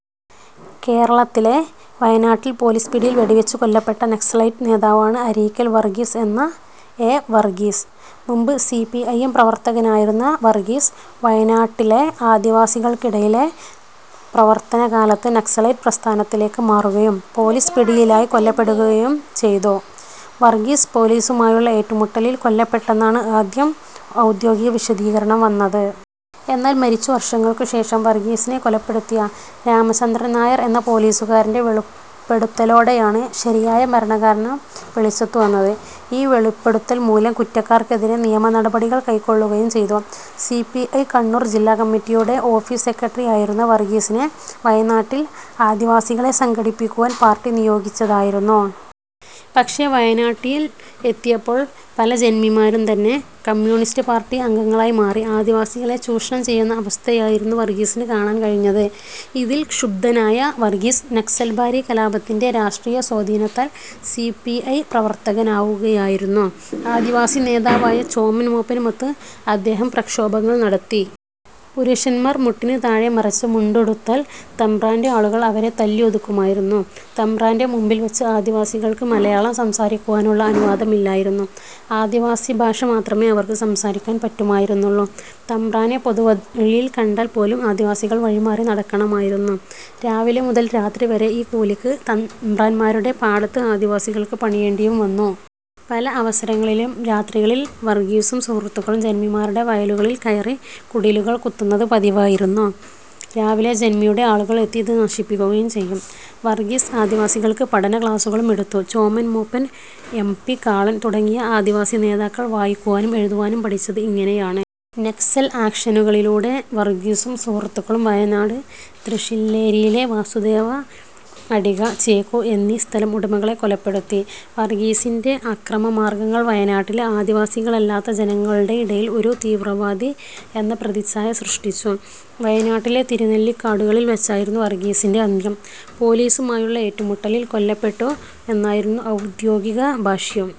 കേരളത്തിലെ വയനാട്ടിൽ പോലീസ് പിടിയിൽ വെടിവെച്ചു കൊല്ലപ്പെട്ട നക്സലൈറ്റു് നേതാവാണു് അരീക്കൽ വർഗ്ഗീസ് എന്ന എ. വർഗ്ഗീസ്. മുൻപ് സി. പി. ഐ. എം പ്രവർത്തകനായിരുന്ന വർഗ്ഗീസ്, വയനാട്ടിലെ ആദിവസികൾക്കിടയിലെ പ്രവർത്തന കാലത്ത് നക്സലൈറ്റ് പ്രസ്ഥാനത്തിലേക്ക് മാറുകയും. പോലീസ് പിടിയിലായി കൊല്ലപ്പെടുകയും ചെയ്തു. വർഗ്ഗീസ് പോലീസുമായുള്ള ഏറ്റുമുട്ടലിൽ കൊല്ലപ്പെട്ടെന്നാണ് ആദ്യം ഔദ്യോഗികവിശദീകരണം വന്നത്. എന്നാൽ മരിച്ച് വർഷങ്ങൾക്കു ശേഷം വർഗ്ഗീസിനെ കൊലപ്പെടുത്തിയ രാമചന്ദ്രൻ നായർ എന്ന പോലീസുകാരന്റെ വെളിപ്പെടുത്തലോടെയാണ് ശരിയായ മരണകാരണം വെളിച്ചത്തുവന്നത്. ഈ വെളിപ്പെടുത്തൽ മൂലം കുറ്റക്കാർക്കെതിരെ നിയമനടപടികൾ കൈക്കൊള്ളുകയും ചെയ്തു. സി. പി. ഐ കണ്ണൂർ ജില്ലാ കമ്മിറ്റിയുടെ ഓഫീസ് സെക്രട്ടറിയായിരുന്ന വർഗ്ഗീസിനെ വയനാട്ടിൽ ആദിവാസികളെ സംഘടിപ്പിക്കുവാൻ പാർട്ടി നിയോഗിച്ചതായിരുന്നു. പക്ഷേ വയനാട്ടിൽ എത്തിയപ്പോൾ പല ജന്മിമാരും തന്നെ കമ്യൂണിസ്റ്റ് പാർട്ടി അംഗങ്ങളായി മാറി ആദിവാസികളെ ചൂഷണം ചെയ്യുന്ന അവസ്ഥയായിരുന്നു വർഗ്ഗീസിന് കാണാൻ കഴിഞ്ഞത്. ഇതിൽ ക്ഷുബ്ധനായ വർഗ്ഗീസ്, നക്സൽബാരി കലാപത്തിന്റെ രാഷ്ട്രീയസ്വാധീനത്താൽ സി. പി. ഐ പ്രവർത്തകനാവുകയായിരുന്നു. ആദിവാസി നേതാവായ ചോമൻ മൂപ്പനുമൊത്ത് അദ്ദേഹം പ്രക്ഷോഭങ്ങൾ നടത്തി. പുരുഷന്മാർ മുട്ടിനു താഴെ മറച്ച് മുണ്ടുടുത്താൽ തമ്പ്രാന്റെ ആളുകൾ അവരെ തല്ലി ഒതുക്കുമായിരുന്നു. തമ്പ്രാന്റെ മുമ്പിൽ വെച്ച് ആദിവാസികൾക്ക് മലയാളം സംസാരിക്കുവാനുള്ള അനുവാദമില്ലായിരുന്നു. ആദിവാസി ഭാഷ മാത്രമേ അവർക്ക് സംസാരിക്കാൻ പറ്റുമായിരുന്നുള്ളൂ. തമ്പ്രാനെ പൊതുവഴിയിൽ കണ്ടാൽ പോലും ആദിവാസികൾ വഴിമാറി നടക്കണമായിരുന്നു. രാവിലെ മുതൽ രാത്രിവരെ ഈ കൂലിക്ക് തമ്പ്രാന്മാരുടെ പാടത്ത് ആദിവാസികൾക്ക് പണിയേണ്ടിയും വന്നു. പല അവസരങ്ങളിലും രാത്രികളിൽ വർഗ്ഗീസും സുഹൃത്തുക്കളും ജന്മിമാരുടെ വയലുകളിൽ കയറി കുടിലുകൾ കുത്തുന്നത് പതിവായിരുന്നു. രാവിലെ ജന്മിയുടെ ആളുകൾ എത്തി ഇത് നശിപ്പിക്കുകയും ചെയ്യും. വർഗ്ഗീസ് ആദിവാസികൾക്ക് പഠന ക്ലാസുകളും എടുത്തു. ചോമൻ മൂപ്പൻ, എം. പി. കാളൻ തുടങ്ങിയ ആദിവാസി നേതാക്കൾ വായിക്കുവാനും എഴുതുവാനും പഠിച്ചത് ഇങ്ങനെയാണ്. നക്സൽ ആക്ഷനുകളിലൂടെ വർഗ്ഗീസും സുഹൃത്തുക്കളും വയനാടു് ത്രിശ്ശില്ലേരിയിലെ വസുദേവ അഡിഗ, ചേക്കു എന്നീ സ്ഥലം ഉടമകളെ കൊലപ്പെടുത്തി. വർഗ്ഗീസിന്റെ അക്രമ മാർഗ്ഗങ്ങൾ വയനാട്ടിലെ ആദിവാസികളല്ലാത്ത ജനങ്ങളുടെയിടയിൽ ഒരു തീവ്രവാദി എന്ന പ്രതിച്ഛായ സൃഷ്ടിച്ചു. വയനാട്ടിലെ തിരുനെല്ലിക്കാടുകളിൽ വെച്ചായിരുന്നു വർഗ്ഗീസിന്റെ അന്ത്യം. പോലീസുമായുള്ള ഏറ്റുമുട്ടലിൽ കൊല്ലപ്പെട്ടു എന്നായിരുന്നു ഔദ്യോഗിക ഭാഷ്യം.